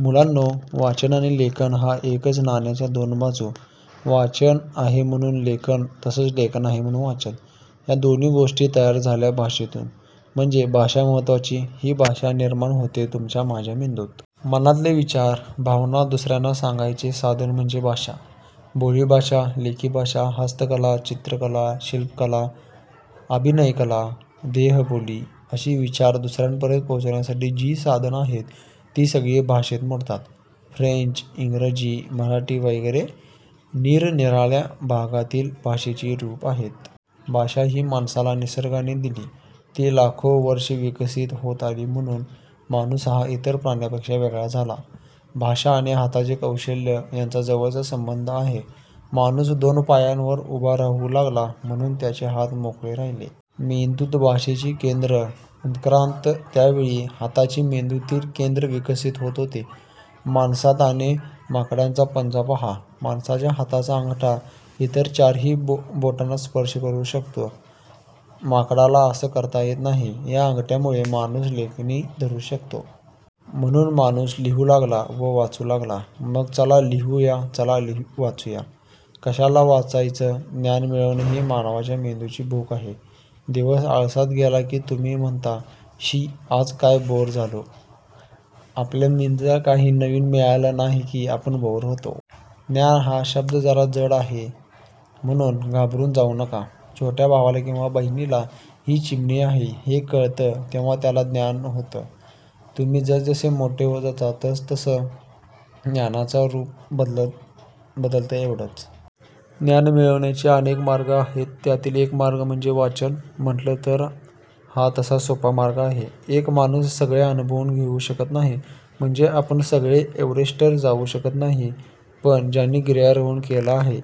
मुलांनो, वाचन आणि लेखन या एकाच नाण्याच्या दोन बाजू. वाचन आहे म्हणून लेखन तसंच लेखन आहे म्हणून वाचन. या दोन्ही गोष्टी तयार झाल्या भाषेतून. म्हणजे भाषा महत्त्वाची. ही भाषा निर्माण होते तुमच्या माझ्या मेंदूत. मनातले विचार, भावना दुसऱ्यांना सांगण्याचं साधन म्हणजे भाषा. बोलीभाषा, लेखीभाषा, हस्तकला, चित्रकला, शिल्पकला, अभिनयकला, देहबोली अशी विचार दुसऱ्यांपर्यंत पोहोचविण्याची जी साधनं आहेत ती सगळी भाषेत मोडतात. फ्रेंच, इंग्रजी, मराठी वगैरे निरनिराळ्या भागातील भाषेची रूपं आहेत. भाषा ही माणसाला निसर्गानं दिली. ती लाखो वर्षं विकसित होत आली म्हणून माणूस हा इतर प्राण्यांपेक्षा वेगळा झाला. भाषा आणि हातांचं कौशल्य यांचा जवळचा संबंध आहे. माणूस दोन पायांवर उभा राहू लागला म्हणून त्याचे हात मोकळे राहिले. मेंदूत भाषेची केंद्रं उत्क्रांत त्यावेळी हाताची मेंदूतील केंद्रं विकसित होत होती. माणसाचा आणि माकडांचा पंजा पहा. माणसाच्या हाताचा अंगठा इतर चारही बोटांना स्पर्श करू शकतो. माकडाला असं करता येत नाही. या अंगठ्यामुळे माणूस लेखणी धरू शकतो. म्हणून माणूस लिहू लागला व वाचू लागला. मग चला लिहूया चला वाचूया. कशाला वाचायचं ज्ञान मिळवणं ही मानवाच्या मेंदूची भूक आहे. दिवस आळसात गेला की तुम्ही म्हणता, 'शी; आज काय बोअर झालो' आपल्या मेंदूला काही नवीन मिळालं नाही की आपण बोअर होतो. 'ज्ञान' हा शब्द जरा जड आहे म्हणून घाबरून जाऊ नका. छोट्या भावाला किंवा बहिणीला ही चिमणी आहे हे कळतं तेव्हा त्याला ज्ञान होतं. तुम्ही जसजसे मोठे होत जाता तसतसं ज्ञानाचं रूप बदलतं एवढंच. ज्ञान मिळवण्याचे अनेक मार्ग आहेत त्यातील एक मार्ग म्हणजे वाचन. म्हटलं तर हा तसा सोपा मार्ग आहे. एक माणूस सगळे अनुभव घेऊ शकत नाही म्हणजे आपण सगळे एव्हरेस्टवर जाऊ शकत नाही. पण ज्यांनी गिर्यारोहण केलं आहे.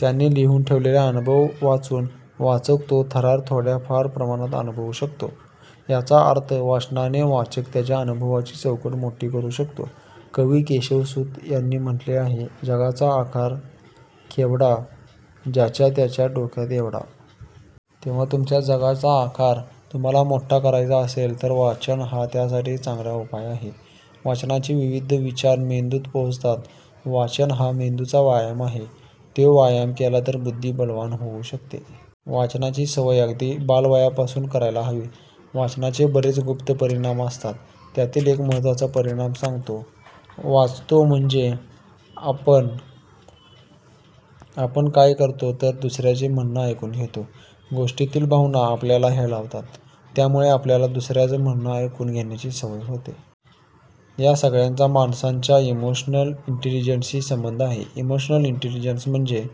त्यांनी लिहून ठेवलेले अनुभव वाचून वाचक तो थरार थोड्याफार प्रमाणात अनुभवू शकतो. याचा अर्थ वाचनानं वाचक त्याच्या अनुभवाची चौकट मोठी करू शकतो. कवी केशवसूत यांनी म्हटलं आहे 'जगाचा आकार केवढा/ ज्याच्या त्याच्या डोक्यात एवढा'. तेव्हा तुमच्या जगाचा आकार तुम्हाला मोठा करायचा असेल तर वाचन हा त्यासाठी चांगला उपाय आहे. वाचनाने विविध विचार मेंदूत पोहोचतात. वाचन हा मेंदूचा व्यायाम आहे. तो व्यायाम केला तर बुद्धी बलवान होऊ शकते. वाचनाची सवय अगदी बालवयापासून करायला हवी. वाचनाचे बरेच गुप्त परिणाम असतात. त्यातील एक महत्त्वाचा परिणाम सांगतो. वाचतो म्हणजे आपण काय करतो तर दुसऱ्याचं म्हणणं ऐकून घेतो. गोष्टीतील भावना आपल्याला हेलावतात. यामुळे आपल्याला दुसऱ्याचं म्हणणं ऐकून घेण्याची सवय होते. या सगळ्याचा माणसाच्या 'इमोशनल इंटेलिजन्सशी' संबंध आहे. इमोशनल इंटेलिजन्स म्हणजे